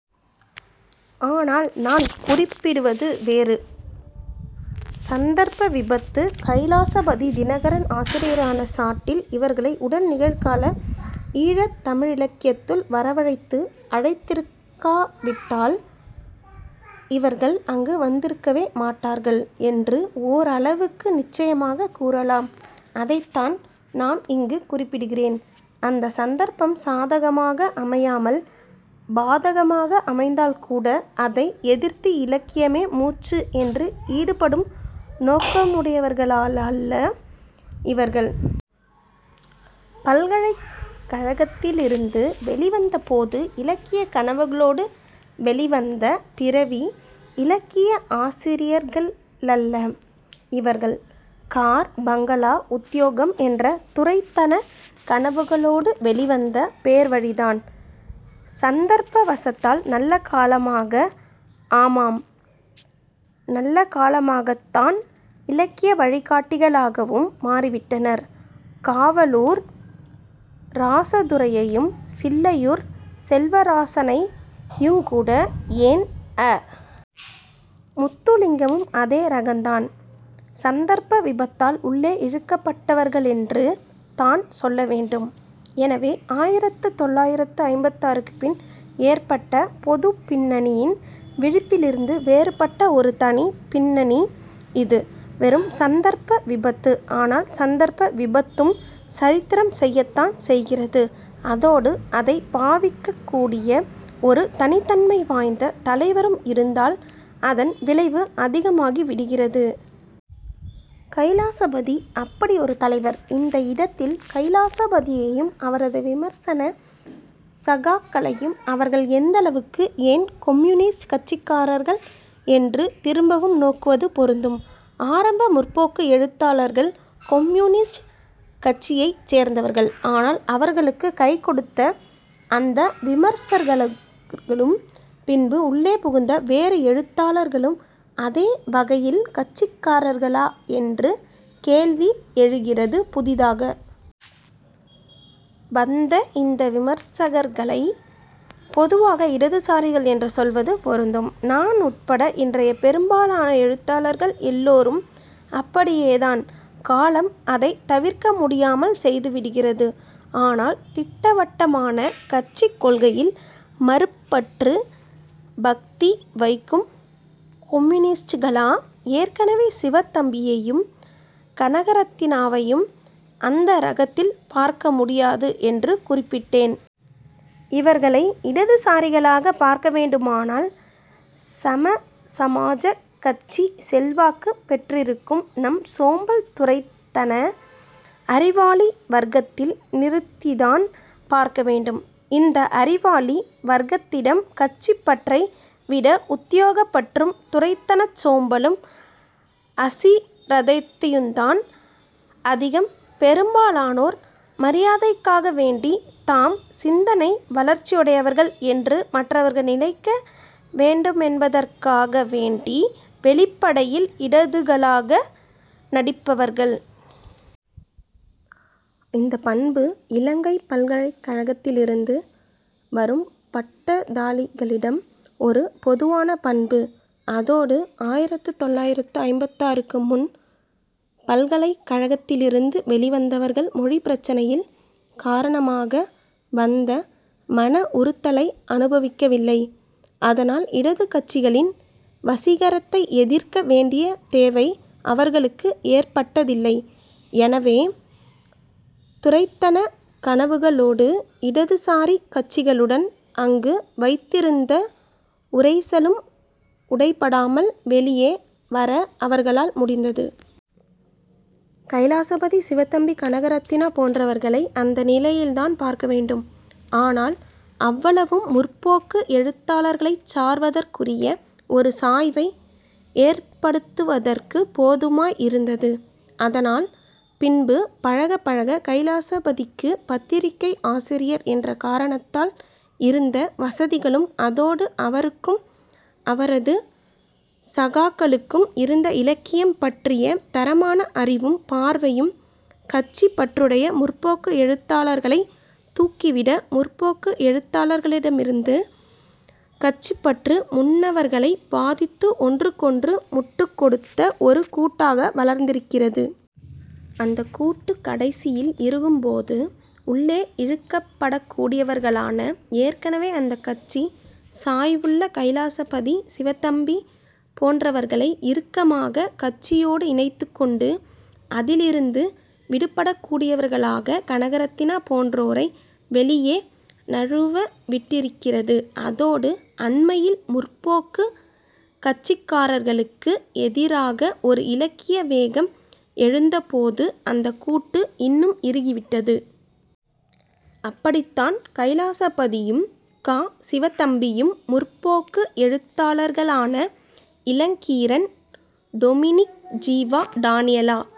ஆனால் நான் குறிப்பிடுவது வேறு. சந்தர்ப்ப விபத்து. கைலாசபதி தினகரன் ஆசிரியரான சாட்டில் இவர்களை உடன்நிகழ்கால ஈழத் தமிழிலக்கியத்துக்குள் வரவழைத்து அழைத்திருக்காவிட்டால் இவர்கள் அங்கு வந்திருக்கவே மாட்டார்கள் என்று ஓரளவுக்கு நிச்சயமாகக் கூறலாம். அதைத்தான் நான் இங்கு குறிப்பிடுகிறேன். அந்த சந்தர்ப்பம் சாதகமாக அமையாமல் பாதகமாக அமைந்தால்கூட அதை எதிர்த்து இலக்கியமே மூச்சு என்று ஈடுபடும் நோக்கமுடையவர்காளல்ல இவர்கள். பல்கலைக் கழகத்திலிருந்து வெளிவந்த போது இலக்கியக் கனவுகளோடு வெளிவந்த பிறவி இலக்கிய ஆசிரியர்களல்ல இவர்கள். கார் பங்களா உத்தியோகம் என்று துரைத்தனக் கனவுகளோடு வெளிவந்த பேர்வழிகள்தான். சந்தர்ப்ப வசத்தால் நல்லகாலமாக, ஆமாம் நல்லகாலமாகத்தான், இலக்கிய வழிகாட்டிகளாகவும் மாறிவிட்டனர். காவலூர் ராசதுரையையும் சில்லையூர் செல்வராசனையுங்கூட ஏன் அ. முத்துலிங்கம் அதே ரகந்தான் சந்தர்ப்ப விபத்தால் உள்ளே இழுக்கப்பட்டவர்களென்றுதான் சொல்ல வேண்டும். எனவே ஆயிரத்து தொள்ளாயிரத்து ஐம்பத்தாறுக்குப் பின் ஏற்பட்ட பொதுப் பின்னணியின் விழிப்பிலிருந்து வேறுபட்ட ஒரு தனிப் பின்னணி இது. வெறும் சந்தர்ப்ப விபத்து. ஆனால் சந்தர்ப்ப விபத்தும் சரித்திரம் செய்யத்தான் செய்கிறது. அதோடு அதை பாவிக்கக் கூடிய ஒரு தனித்தன்மை வாய்ந்த தலைவரும் இருந்தால் அதன் விளைவு அதிகமாகி விடுகிறது. கைலாசபதி அப்படி ஒரு தலைவர். இந்த இடத்தில் கைலாசபதியையும் அவரது விமர்சன சகாக்களையும் அவர்கள் எந்தளவுக்கு, ஏன் கொம்யூனிஸ்ட் கட்சிக்காரர்கள் என்று திரும்பவும் நோக்குவது பொருந்தும். ஆரம்ப முற்போக்கு எழுத்தாளர்கள் கொம்யூனிஸ்ட் கட்சியைச் சேர்ந்தவர்கள். ஆனால் அவர்களுக்குக் கைகொடுத்த அந்த விமர்சகர்களும் பின்பு உள்ளே புகுந்த வேறு எழுத்தாளர்களும் அதே வகையில் கட்சிக்காரர்களா என்று கேள்வி எழுகிறது. புதிதாக வந்த இந்த விமர்சகர்களைப் பொதுவாக இடதுசாரிகள் என்று சொல்வது பொருந்தும். நான் உட்பட இன்றைய பெரும்பாலான எழுத்தாளர்கள் எல்லோரும் அப்படியேதான். காலம் அதைத் தவிர்க்க முடியாமல் செய்துவிடுகிறது. ஆனால், திட்டவட்டமான கட்சிக் கொள்கையில் மறுப்பற்று பக்தி வைக்கும் கொம்யூனிஸ்ட்களா? ஏற்கனவே சிவத்தம்பியையும் கனகரத்தினாவையும் அந்த ரகத்தில் பார்க்க முடியாது என்று குறிப்பிட்டேன். இவர்களை இடதுசாரிகளாகப் பார்க்க வேண்டுமானால் சமசமாஜக் கட்சி செல்வாக்குப் பெற்றிருக்கும் நம் சோம்பல் துரைத்தன அறிவாளி வர்க்கத்தில் நிறுத்தித்தான் பார்க்க வேண்டும். இந்த அறிவாளி வர்க்கத்திடம் கட்சிப்பற்றைவிட உத்தியோகப்பற்றும் துரைத்தனச் சோம்பலும் அசிரத்தையுந்தான் அதிகம். பெரும்பாலானோர் மரியாதைக்காக வேண்டி, தாம் சிந்தனை வளர்ச்சியுடையவர்கள் என்று மற்றவர்கள் நினைக்க வேண்டுமென்பதற்காக வேண்டி, வெளிப்படையில் இடதுகளாக நடிப்பவர்கள். இந்தப் பண்பு இலங்கைப் பல்கலைக்கழகத்திலிருந்து வரும் பட்டதாரிகளிடம் ஒரு பொதுவான பண்பு. அதோடு ஆயிரத்து தொள்ளாயிரத்து ஐம்பத்தாறுக்கு முன் பல்கலைக் கழகத்திலிருந்து வெளிவந்தவர்கள் மொழிப்பிரச்சினையில் காரணமாக வந்த மன உறுத்தலை அனுபவிக்கவில்லை. அதனால் இடதுக் கட்சிகளின் வசீகரத்தை எதிர்க்க வேண்டிய தேவை அவர்களுக்கு ஏற்பட்டதில்லை. எனவே துரைத்தனக் கனவுகளோடு இடதுசாரிக் கட்சிகளுடன் அங்கு வைத்திருந்த உரைசலும் உடைபடாமல் வெளியே வர அவர்களால் முடிந்தது. கைலாசபதி, சிவத்தம்பி, கனகரத்தினா போன்றவர்களை அந்த நிலையில்தான் பார்க்க வேண்டும். ஆனால் அவ்வளவும் 'முற்போக்கு' எழுத்தாளர்களைச் சார்வதற்குரிய ஒரு சாய்வை ஏற்படுத்துவதற்குப் போதுமாய் இருந்தது. அதனால் பின்பு பழகப் பழக கைலாசபதிக்குப் பத்திரிகை ஆசிரியர் என்ற காரணத்தால் இருந்த வசதிகளும் அதோடு அவருக்கும் அவரது சகாக்களுக்கும் இருந்த இலக்கியம் பற்றிய தரமான அறிவும் பார்வையும் கட்சிப் பற்றுடைய 'முற்போக்கு' எழுத்தாளர்களைத் தூக்கிவிட முற்போக்கு எழுத்தாளர்களிடமிருந்த கட்சிப்பற்று முன்னவர்களைப் பாதித்து ஒன்றுக்கொன்று முட்டுக் கொடுத்த ஒரு கூட்டாக வளர்ந்திருக்கிறது. அந்தக் கூட்டு கடைசியில் இறுகும் போது உள்ளே இழுக்கப்படக்கூடியவர்களான ஏற்கனவே அந்தக் கட்சிச் சாய்வுள்ள கைலாசபதி சிவத்தம்பி போன்றவர்களை இறுக்கமாகக் கட்சியோடு இணைத்துக்கொண்டு அதிலிருந்து விடுபடக்கூடியவர்களாக கனகரத்தினா போன்றோரை வெளியே நழுவவிட்டிருக்கிறது. அதோடு அண்மையில் முற்போக்குக் கட்சிக்காரர்களுக்கு எதிராக ஒரு இலக்கிய வேகம் எழுந்தபோது அந்தக் கூட்டு இன்னும் இறுகிவிட்டது. அப்படித்தான் கைலாசபதியும் கா. சிவத்தம்பியும் முற்போக்கு எழுத்தாளர்களான இளங்கீரன் டொமினிக் ஜீவா டானியல